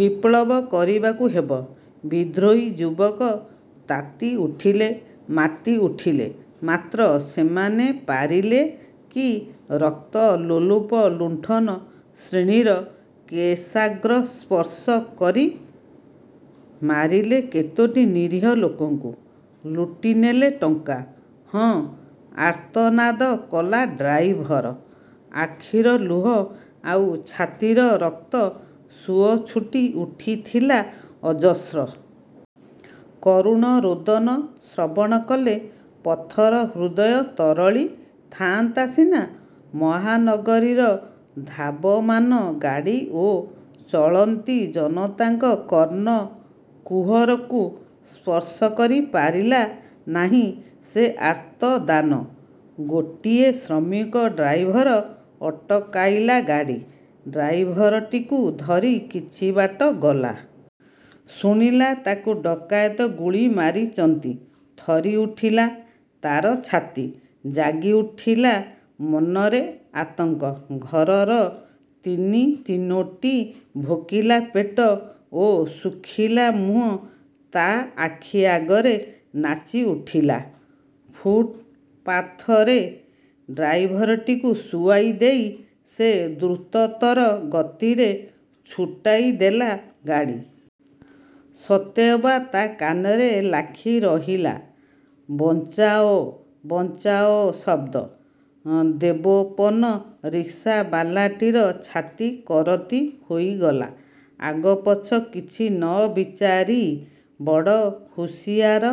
ବିପ୍ଳବ କରିବାକୁ ହେବ। ବିଦ୍ରୋହୀ ଯୁବକ ତାତି ଉଠିଲେ, ମାତି ଉଠିଲେ। ମାତ୍ର ସେମାନେ ପାରିଲେ କି ରକ୍ତ ଲୋଲୁପ, ଲୁଣ୍ଠକ ଶ୍ରେଣୀର କେଶାଗ୍ର ସ୍ପର୍ଶ କରି? ମାରିଲେ କେତୋଟି ନିରୀହ ଲୋକଙ୍କୁ, ଲୁଟିନେଲେ ଟଙ୍କା। ହଁ, ଆର୍ତ୍ତନାଦ କଲା ଡ୍ରାଇଭର। ଆଖିର ଲୁହ ଆଉ ଛାତିର ରକ୍ତ ସୁଅ ଛୁଟି ଉଠିଥିଲା ଅଜସ୍ର। କରୁଣ ରୋଦନ ଶ୍ରବଣ କଲେ ପଥର ହୃଦୟ ତରଳି ଥାଆନ୍ତା ସିନା; ମହାନଗରୀର ଧାବମାନ ଗାଡ଼ି ଓ ଚଳନ୍ତି ଜନତାଙ୍କ କର୍ଣ୍ଣ କୁହରକୁ ସ୍ପର୍ଶ କରି ପାରିଲା ନାହିଁ ସେ ଆର୍ତ୍ତଦାନ। ଗୋଟିଏ ଶ୍ରମିକ ଡ୍ରାଇଭର ଅଟକାଇଲା ଗାଡ଼ି। ଡ୍ରାଇଭରଟିକୁ ଧରି କିଛି ବାଟ ଗଲା। ଶୁଣିଲା ତାକୁ ଡକାୟତ ଗୁଳି ମାରିଚନ୍ତି। ଥରି ଉଠିଲା ତାର ଛାତି। ଜାଗି ଉଠିଲା ମନରେ ଆତଙ୍କ, ଘରର ତିନି ତିନୋଟି ଭୋକିଲା ପେଟ ଓ ଶୁଖିଲା ମୁହଁ ତା ଆଖି ଆଗରେ ନାଚିଉଠିଲା। ଫୁଟପାଥରେ ଡ୍ରାଇଭରଟିକୁ ଶୁଆଇ ଦେଇ ସେ ଦ୍ରୁତତର ଗତିରେ ଛୁଟାଇ ଦେଲା ଗାଡ଼ି। ସତେ ଅବା ତା କାନରେ ଲାଖି ରହିଲା 'ବଞ୍ଚାଓ' 'ବଞ୍ଚାଓ' ଶବ୍ଦ।। ଦେବୋପମ ରିକ୍ସାବାଲାଟିର ଛାତି କରତି ହୋଇଗଲା। ଆଗପଛ କିଛି ନ ବିଚାରି ବଡ଼ ହୁସିଆର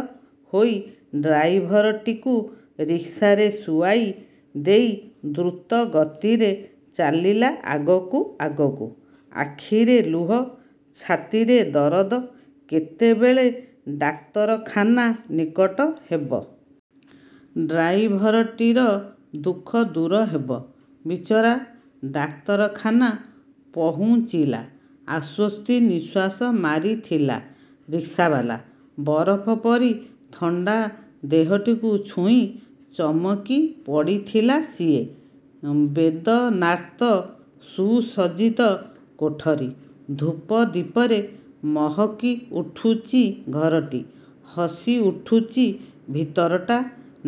ହୋଇ ଡ୍ରାଇଭରଟିକୁ ରିକ୍ସାରେ ଶୁଆଇ ଦେଇ ଦ୍ରୁତ ଗତିରେ ଚାଲିଲା ଆଗକୁ ଆଗକୁ। ଆଖିରେ ଲୁହ, ଛାତିରେ ଦରଦ, କେତେବେଳେ ଡାକ୍ତରଖାନା ନିକଟ ହେବ। ଡ୍ରାଇଭରଟିର ଦୁଃଖ ଦୂର ହେବ, ବିଚରା। ଡାକ୍ତରଖାନା ପହୁଞ୍ଚିଲା। ଆଶ୍ୱସ୍ତି ନିଶ୍ୱାସ ମାରିଥିଲା ରିକ୍ସାବାଲା, ବରଫ ପରି ଥଣ୍ତା ଦେହଟିକୁ ଛୁଇଁ ଚମକି ପଡ଼ିଥିଲା ସିଏ। ବେଦନାର୍ତ୍ତ ସୁସଜ୍ଜିତ କୋଠରୀ। ଧୂପ ଦୀପରେ ମହକିଉଠୁଚି ଘରଟି। ହସି ଉଠୁଚି ଭିତରଟା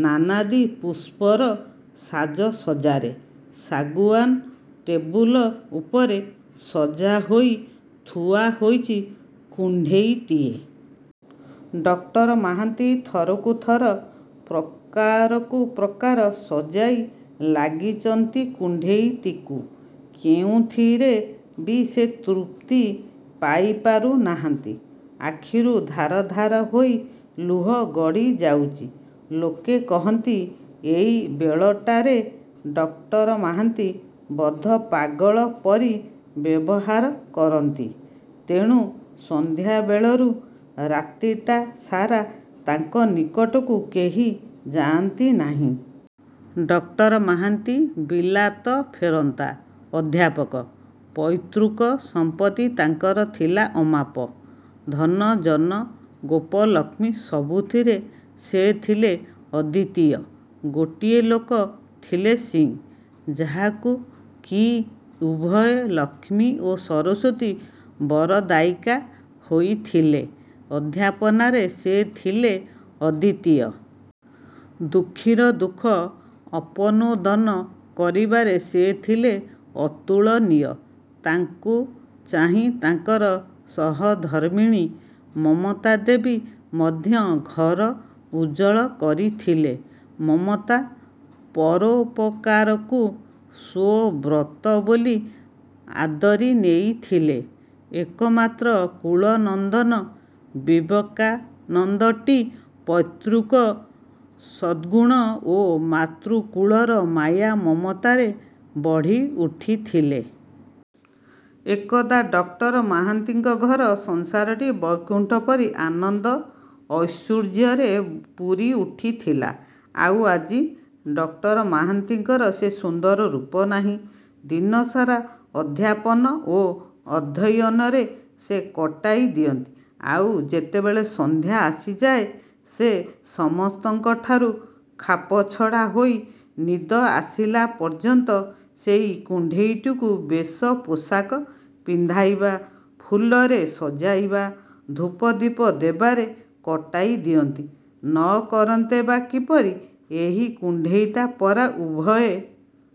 ନାନାଦି ପୁଷ୍ପର ସାଜସଜ୍ଜାରେ। ଶାଗୁଆନ ଟେବୁଲ ଉପରେ ସଜା ହୋଇ ଥୁଆ ହୋଇଚି କୁଣ୍ତେଇଟିଏ। ଡକ୍ଟର ମହାନ୍ତି ଥରକୁ ଥର ପ୍ରକାରକୁ ପ୍ରକାର ସଜାଇ ଲାଗିଚନ୍ତି କୁଣ୍ତେଇଟିକୁ, କେଉଁଥିରେ ବି ସେ ତୃପ୍ତି ପାଇପାରୁ ନାହାନ୍ତି। ଆଖିରୁ ଧାର ଧାର ହୋଇ ଲୁହ ଗଡ଼ିଯାଉଚି। ଲୋକେ କହନ୍ତି, ଏଇ ବେଳଟାରେ ଡକ୍ଟର ମହାନ୍ତି ବଦ୍ଧ ପାଗଳ ପରି ବ୍ୟବହାର କରନ୍ତି। ତେଣୁ ସନ୍ଧ୍ୟାବେଳରୁ ରାତିଟା ସାରା ତାଙ୍କ ନିକଟକୁ କେହି ଯାଆନ୍ତି ନାହିଁ। ଡକ୍ଟର ମହାନ୍ତି ବିଲାତ ଫେରନ୍ତା ଅଧ୍ୟାପକ। ପୈତୃକ ସମ୍ପତ୍ତି ତାଙ୍କର ଥିଲା ଅମାପ। ଧନ ଜନ, ଗୋପଲକ୍ଷ୍ମୀ ସବୁଥିରେ ସେ ଥିଲେ ଅଦ୍ୱିତୀୟ। ଗୋଟିଏ ଲୋକ ଥିଲେ ସିଂ, ଯାହାକୁ କି ଉଭୟେ ଲକ୍ଷ୍ମୀ ଓ ସରସ୍ୱତୀ ବରଦାୟିକା ହୋଇଥିଲେ। ଅଧ୍ୟାପନାରେ ସେ ଥିଲେ ଅଦ୍ୱିତୀୟ। ଦୁଃଖୀର ଦୁଃଖ ଅପନୋଦନ କରିବାରେ ସେ ଥିଲେ ଅତୁଳନୀୟ। ତାଙ୍କୁ ଚାହିଁ ତାଙ୍କର ସହଧର୍ମିଣୀ ମମତାଦେବୀ ମଧ୍ୟ ଘର ଉଜ୍ଜ୍ୱଳ କରିଥିଲେ। ମମତା ପରୋପକାରକୁ ସ୍ୱ ବ୍ରତ ବୋଲି ଆଦରି ନେଇଥିଲେ। ଏକମାତ୍ର କୁଳନନ୍ଦନ ବିବେକାନନ୍ଦଟି ପୈତୃକ ସଦ୍ଗୁଣ ଓ ମାତୃକୁଳର ମାୟା ମମତାରେ ବଢ଼ିଉଠିଥିଲା। ଏକଦା ଡକ୍ଟର ମହାନ୍ତିଙ୍କ ଘର ସଂସାରଟି ବୈକୁଣ୍ଠ ପରି ଆନନ୍ଦ ଐଶ୍ୱର୍ଯ୍ୟରେ ପୂରି ଉଠିଥିଲା। ଆଉ ଆଜି! ଡକ୍ଟର ମହାନ୍ତିଙ୍କର ସେ ସୁନ୍ଦର ରୂପ ନାହିଁ। ଦିନ ସାରା ଅଧ୍ୟାପନା ଓ ଅଧ୍ୟୟନରେ ସେ କଟାଇ ଦିଅନ୍ତି, ଆଉ ଯେତେବେଳେ ସଂଧ୍ୟା ଆସିଯାଏ, ସେ ସମସ୍ତଙ୍କଠାରୁ ଖାପଛଡ଼ା ହୋଇ ନିଦ ଆସିଲା ପର୍ଯ୍ୟନ୍ତ ସେଇ କୁଣ୍ତେଇଟିକୁ ବେଶ ପୋଷାକ ପିନ୍ଧାଇବା, ପୁଲରେ ସଜାଇବା, ଧୂପ ଦୀପ ଦେବାରେ କଟାଇ ଦିଅନ୍ତି। ନ କରନ୍ତେ ବା କିପରି? ଏହି କୁଣ୍ତେଇଟା ପରା ଉଭୟେ